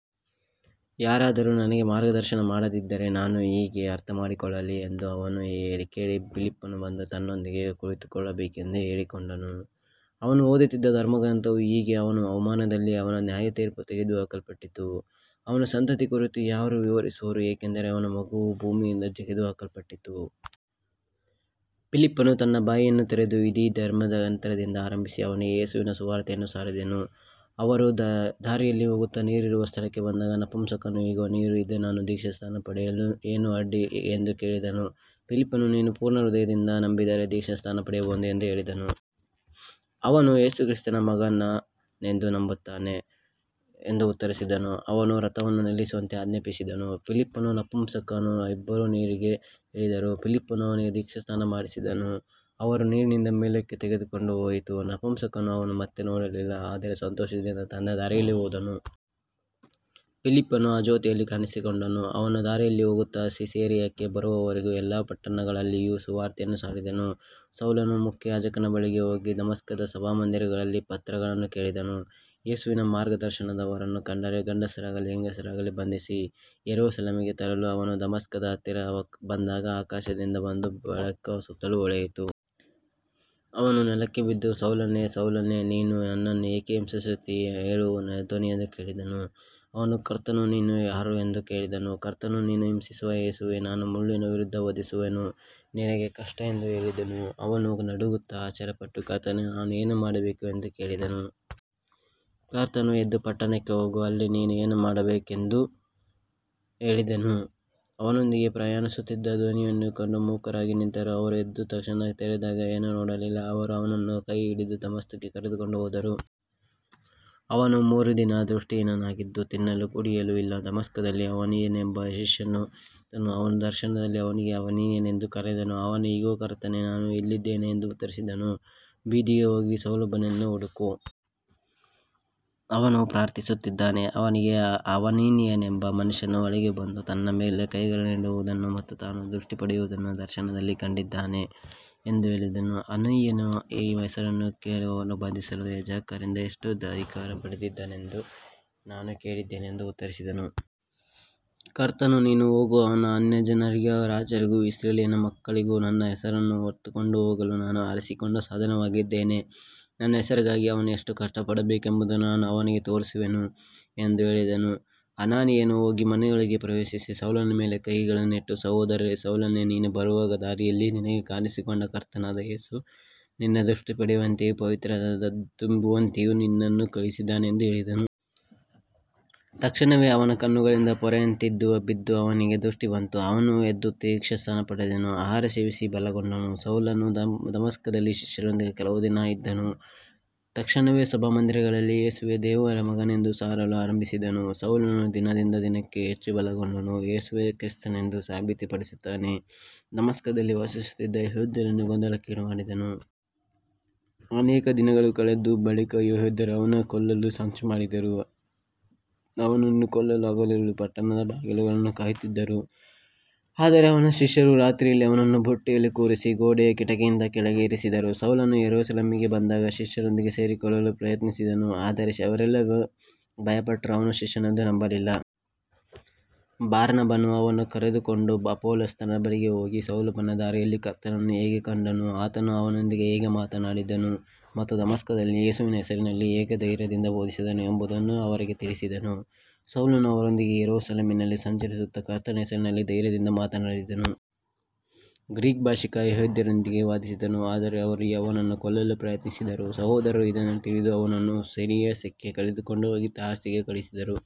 ಯಾರಾದರೂ ನನಗೆ ಮಾರ್ಗದರ್ಶನ ಮಾಡದಿದ್ದರೆ ನಾನು ಹೇಗೆ ಅರ್ಥಮಾಡಿಕೊಳ್ಳಲಿ ಎಂದು ಅವನು ಕೇಳಿ, ಫಿಲಿಪ್ಪನು ಬಂದು ತನ್ನೊಂದಿಗೆ ಕುಳಿತುಕೊಳ್ಳಬೇಕೆಂದು ಕೇಳಿಕೊಂಡನು. ಅವನು ಓದುತ್ತಿದ್ದ ಧರ್ಮಗ್ರಂಥವು ಹೀಗಿತ್ತು, ಅವನ ಅವಮಾನದಲ್ಲಿ ಅವನ ನ್ಯಾಯತೀರ್ಪು ತೆಗೆದುಹಾಕಲ್ಪಟ್ಟಿತು, ಅವನ ಸಂತತಿಯ ಕುರಿತು ಯಾರು ವಿವರಿಸುವರು, ಏಕೆಂದರೆ ಅವನ ಜೀವವು ಭೂಮಿಯಿಂದ ತೆಗೆದುಹಾಕಲ್ಪಟ್ಟಿತು. ಫಿಲಿಪ್ಪನು ತನ್ನ ಬಾಯಿಯನ್ನು ತೆರೆದು ಇದೇ ಧರ್ಮಗ್ರಂಥದಿಂದ ಆರಂಭಿಸಿ ಅವನಿಗೆ ಯೇಸುವಿನ ಸುವಾರ್ತೆಯನ್ನು ಸಾರಿದನು. ಅವರು ದಾರಿಯಲ್ಲಿ ಹೋಗುತ್ತಾ ನೀರಿರುವ ಸ್ಥಳಕ್ಕೆ ಬಂದಾಗ ನಪುಂಸಕನು, ಇಗೋ ನೀರು ಇದೆ, ನಾನು ದೀಕ್ಷಾಸ್ನಾನ ಪಡೆಯಲು ಏನು ಅಡ್ಡಿ ಎಂದು ಕೇಳಿದನು. ಫಿಲಿಪ್ಪನು, ನೀನು ಪೂರ್ಣ ಹೃದಯದಿಂದ ನಂಬಿದರೆ ದೀಕ್ಷಾಸ್ನಾನ ಪಡೆಯಬಹುದು ಎಂದು ಹೇಳಿದನು. ಅವನು, ಯೇಸುಕ್ರಿಸ್ತನು ದೇವರ ಮಗನೆಂದು ನಂಬುತ್ತೇನೆ ಎಂದು ಉತ್ತರಿಸಿದನು. ಅವನು ರಥವನ್ನು ನಿಲ್ಲಿಸುವಂತೆ ಆಜ್ಞಾಪಿಸಿದನು. ಫಿಲಿಪ್ಪನೂ ನಪುಂಸಕನೂ ಇಬ್ಬರೂ ನೀರಿಗೆ ಇಳಿದರು, ಫಿಲಿಪ್ಪನು ಅವನಿಗೆ ದೀಕ್ಷಾಸ್ನಾನ ಮಾಡಿಸಿದನು. ಅವರು ನೀರಿನಿಂದ ಮೇಲಕ್ಕೆ ಬಂದಾಗ ಕರ್ತನ ಆತ್ಮವು ಫಿಲಿಪ್ಪನನ್ನು ತೆಗೆದುಕೊಂಡುಹೋಯಿತು. ನಪುಂಸಕನು ಅವನನ್ನು ಮತ್ತೆ ನೋಡಲಿಲ್ಲ, ಆದರೆ ಸಂತೋಷದಿಂದ ತನ್ನ ದಾರಿಯಲ್ಲಿ ಹೋದನು. ಫಿಲಿಪ್ಪನು ಅಜೋತಿನಲ್ಲಿ ಕಾಣಿಸಿಕೊಂಡನು. ಅವನು ದಾರಿಯಲ್ಲಿ ಹೋಗುತ್ತಾ ಸಿಸೇರಿಯಾಕ್ಕೆ ಬರುವವರೆಗೆ ಎಲ್ಲ ಪಟ್ಟಣಗಳಲ್ಲಿಯೂ ಸುವಾರ್ತೆಯನ್ನು ಸಾರಿದನು. ಸೌಲನು ಮುಖ್ಯಯಾಜಕನ ಬಳಿಗೆ ಹೋಗಿ ದಮಸ್ಕದ ಸಭಾಮಂದಿರಗಳಿಗೆ ಪತ್ರಗಳನ್ನು ಕೇಳಿದನು, ಯೇಸುವಿನ ಮಾರ್ಗದವರನ್ನು ಕಂಡರೆ, ಗಂಡಸರಾಗಲಿ ಹೆಂಗಸರಾಗಲಿ, ಬಂಧಿಸಿ ಯೆರೂಸಲೇಮಿಗೆ ತರಲು. ಅವನು ದಮಸ್ಕದ ಹತ್ತಿರ ಬಂದಾಗ ಆಕಾಶದಿಂದ ಒಂದು ಬೆಳಕು ಅವನ ಸುತ್ತಲೂ ಹೊಳೆಯಿತು. ಅವನು ನೆಲಕ್ಕೆ ಬಿದ್ದು, ಸೌಲನೇ, ಸೌಲನೇ, ನೀನು ನನ್ನನ್ನು ಏಕೆ ಹಿಂಸಿಸುತ್ತೀ ಎಂದು ಹೇಳುವ ಧ್ವನಿಯನ್ನು ಕೇಳಿದನು. ಅವನು, ಕರ್ತನೇ, ನೀನು ಯಾರು ಎಂದು ಕೇಳಿದನು. ಕರ್ತನು, ನೀನು ಹಿಂಸಿಸುವ ಯೇಸುವೇ ನಾನು. ಮುಳ್ಳಿನ ವಿರುದ್ಧ ಒದೆಯುವುದು ನಿನಗೆ ಕಷ್ಟ ಎಂದು ಹೇಳಿದನು. ಅವನು ನಡುಗುತ್ತಾ ಆಶ್ಚರ್ಯಪಟ್ಟು, ಕರ್ತನೇ, ನಾನು ಏನು ಮಾಡಬೇಕು ಎಂದು ಕೇಳಿದನು. ಕರ್ತನು, ಎದ್ದು ಪಟ್ಟಣಕ್ಕೆ ಹೋಗು, ಅಲ್ಲಿ ನೀನು ಏನು ಮಾಡಬೇಕೆಂಬುದು ನಿನಗೆ ತಿಳಿಸಲ್ಪಡುವುದು ಎಂದು ಹೇಳಿದನು. ಅವನೊಂದಿಗೆ ಪ್ರಯಾಣಿಸುತ್ತಿದ್ದವರು ಧ್ವನಿಯನ್ನು ಕೇಳಿ ಮೂಕರಾಗಿ ನಿಂತರು, ಆದರೆ ಯಾರನ್ನೂ ನೋಡಲಿಲ್ಲ. ಸೌಲನು ನೆಲದಿಂದ ಎದ್ದು ಕಣ್ಣು ತೆರೆದಾಗ ಏನನ್ನೂ ನೋಡಲಿಲ್ಲ. ಅವರು ಅವನನ್ನು ಕೈಹಿಡಿದು ದಮಸ್ಕಕ್ಕೆ ಕರೆದುಕೊಂಡು ಹೋದರು. ಅವನು ಮೂರು ದಿನ ದೃಷ್ಟಿಹೀನನಾಗಿದ್ದು, ತಿನ್ನಲೂ ಕುಡಿಯಲೂ ಇಲ್ಲ. ದಮಸ್ಕದಲ್ಲಿ ಅನನೀಯನೆಂಬ ಒಬ್ಬ ಶಿಷ್ಯನಿದ್ದನು. ಕರ್ತನು ದರ್ಶನದಲ್ಲಿ ಅವನಿಗೆ, ಅನನೀಯನೇ ಎಂದು ಕರೆದನು. ಅವನು, ಇಗೋ, ಕರ್ತನೇ, ನಾನು ಇಲ್ಲಿದ್ದೇನೆ ಎಂದು ಉತ್ತರಿಸಿದನು. ಕರ್ತನು ಅವನಿಗೆ, ಎದ್ದು ನೇರವಾದ ಬೀದಿಗೆ ಹೋಗಿ ಯೂದನ ಮನೆಯಲ್ಲಿ ತಾರ್ಸದ ಸೌಲನೆಂಬವನನ್ನು ಹುಡುಕು. ಅವನು ಪ್ರಾರ್ಥಿಸುತ್ತಿದ್ದಾನೆ. ಅವನಿಗೆ ಅನನೀಯನೆಂಬ ಮನುಷ್ಯನು ಒಳಗೆ ಬಂದು ತನ್ನ ಮೇಲೆ ಕೈಗಳನ್ನಿಡುವುದನ್ನು ಮತ್ತು ತಾನು ದೃಷ್ಟಿ ಪಡೆಯುವುದನ್ನು ದರ್ಶನದಲ್ಲಿ ಕಂಡಿದ್ದಾನೆ ಎಂದು ಹೇಳಿದನು. ಅನನೀಯನು, ಈ ಮನುಷ್ಯನು ಯೆರೂಸಲೇಮಿನಲ್ಲಿ ನಿನ್ನ ಹೆಸರನ್ನು ಕರೆಯುವವರನ್ನು ಬಂಧಿಸಲು ಮುಖ್ಯಯಾಜಕರಿಂದ ಎಷ್ಟು ಅಧಿಕಾರ ಪಡೆದಿದ್ದಾನೆಂಬುದನ್ನು ನಾನು ಕೇಳಿದ್ದೇನೆ ಎಂದು ಉತ್ತರಿಸಿದನು. ಕರ್ತನು, ನೀನು ಹೋಗು, ಅವನು ಅನ್ಯಜನರಿಗೂ ರಾಜರಿಗೂ ಇಸ್ರಾಯೇಲಿನ ಮಕ್ಕಳಿಗೂ ನನ್ನ ಹೆಸರನ್ನು ಹೊತ್ತುಕೊಂಡು ಹೋಗಲು ನಾನು ಆರಿಸಿಕೊಂಡ ಸಾಧನವಾಗಿದ್ದಾನೆ. ನನ್ನ ಹೆಸರಿಗಾಗಿ ಅವನು ಎಷ್ಟು ಕಷ್ಟಪಡಬೇಕೆಂಬುದನ್ನು ನಾನು ಅವನಿಗೆ ತೋರಿಸುವೆನು ಎಂದು ಹೇಳಿದನು. ಅನನೀಯನು ಹೋಗಿ ಮನೆಯೊಳಗೆ ಪ್ರವೇಶಿಸಿ ಸೌಲನ ಮೇಲೆ ಕೈಗಳನ್ನಿಟ್ಟು, ಸಹೋದರ ಸೌಲನೇ, ನೀನು ಬರುವಾಗ ದಾರಿಯಲ್ಲಿ ನಿನಗೆ ಕಾಣಿಸಿಕೊಂಡ ಕರ್ತನಾದ ಯೇಸು, ನೀನು ದೃಷ್ಟಿ ಪಡೆಯುವಂತೆಯೂ ಪವಿತ್ರಾತ್ಮದಿಂದ ತುಂಬುವಂತೆಯೂ ನನ್ನನ್ನು ಕಳುಹಿಸಿದ್ದಾನೆ ಎಂದು ಹೇಳಿದನು. ತಕ್ಷಣವೇ ಅವನ ಕಣ್ಣುಗಳಿಂದ ಪೊರೆಯಂತಿದ್ದವು ಬಿದ್ದು ಅವನಿಗೆ ದೃಷ್ಟಿ ಬಂತು. ಅವನು ಎದ್ದು ದೀಕ್ಷಾಸ್ನಾನ ಪಡೆದನು. ಆಹಾರ ಸೇವಿಸಿ ಬಲಗೊಂಡನು. ಸೌಲನು ದಮಸ್ಕದಲ್ಲಿದ್ದ ಶಿಷ್ಯರೊಂದಿಗೆ ಕೆಲವು ದಿನ ಇದ್ದನು. ತಕ್ಷಣವೇ ಸಭಾಮಂದಿರಗಳಲ್ಲಿ ಯೇಸುವೇ ದೇವರ ಮಗನೆಂದು ಸಾರಲು ಆರಂಭಿಸಿದನು. ಸೌಲನು ದಿನದಿಂದ ದಿನಕ್ಕೆ ಹೆಚ್ಚು ಬಲಗೊಂಡು, ಯೇಸುವೇ ಕ್ರಿಸ್ತನೆಂದು ಸಾಬೀತುಪಡಿಸುತ್ತಾ ದಮಸ್ಕದಲ್ಲಿ ವಾಸಿಸುತ್ತಿದ್ದ ಯೆಹೂದ್ಯರನ್ನು ಗೊಂದಲಕ್ಕೀಡುಮಾಡಿದನು. ಅನೇಕ ದಿನಗಳು ಕಳೆದ ಬಳಿಕ ಯೆಹೂದ್ಯರು ಅವನನ್ನು ಕೊಲ್ಲಲು ಸಂಚು ಮಾಡಿದರು. ಅವನನ್ನು ಕೊಲ್ಲಲು ಹಗಲಿರುಳು ಪಟ್ಟಣದ ಬಾಗಿಲುಗಳನ್ನು ಕಾಯುತ್ತಿದ್ದರು. ಆದರೆ ಅವನ ಶಿಷ್ಯರು ರಾತ್ರಿಯಲ್ಲಿ ಅವನನ್ನು ಬುಟ್ಟಿಯಲ್ಲಿ ಕೂರಿಸಿ ಗೋಡೆಯ ಕಿಟಕಿಯಿಂದ ಕೆಳಗೆ ಇಳಿಸಿದರು. ಸೌಲನು ಯೆರೂಸಲೇಮಿಗೆ ಬಂದಾಗ ಶಿಷ್ಯರೊಂದಿಗೆ ಸೇರಿಕೊಳ್ಳಲು ಪ್ರಯತ್ನಿಸಿದನು, ಆದರೆ ಅವರೆಲ್ಲರೂ ಅವನಿಗೆ ಭಯಪಟ್ಟರು, ಅವನು ಶಿಷ್ಯನೆಂದು ನಂಬಲಿಲ್ಲ. ಬಾರ್ನಬನು ಅವನನ್ನು ಕರೆದುಕೊಂಡು ಅಪೊಸ್ತಲರ ಬಳಿಗೆ ಹೋಗಿ, ಸೌಲನು ದಾರಿಯಲ್ಲಿ ಕರ್ತನನ್ನು ಹೇಗೆ ಕಂಡನು, ಆತನು ಅವನೊಂದಿಗೆ ಹೇಗೆ ಮಾತನಾಡಿದನು ಮತ್ತು ದಮಸ್ಕದಲ್ಲಿ ಯೇಸುವಿನ ಹೆಸರಿನಲ್ಲಿ ಹೇಗೆ ಧೈರ್ಯದಿಂದ ಬೋಧಿಸಿದನು ಎಂಬುದನ್ನು ಅವರಿಗೆ ತಿಳಿಸಿದನು. ಸೌಲನು ಅವರೊಂದಿಗೆ ಯೆರೂಸಲೇಮಿನಲ್ಲಿ ಸಂಚರಿಸುತ್ತಾ ಕರ್ತನ ಹೆಸರಿನಲ್ಲಿ ಧೈರ್ಯದಿಂದ ಮಾತನಾಡಿದನು. ಗ್ರೀಕ್ ಭಾಷಿಕ ಯೆಹೂದ್ಯರೊಂದಿಗೆ ವಾದಿಸಿದನು, ಆದರೆ ಅವರು ಅವನನ್ನು ಕೊಲ್ಲಲು ಪ್ರಯತ್ನಿಸಿದರು. ಸಹೋದರರು ಇದನ್ನು ತಿಳಿದು ಅವನನ್ನು ಸಿಸೇರಿಯಾಕ್ಕೆ ಕರೆದುಕೊಂಡು ಹೋಗಿ ತಾರ್ಸಸಿಗೆ ಕಳುಹಿಸಿದರು.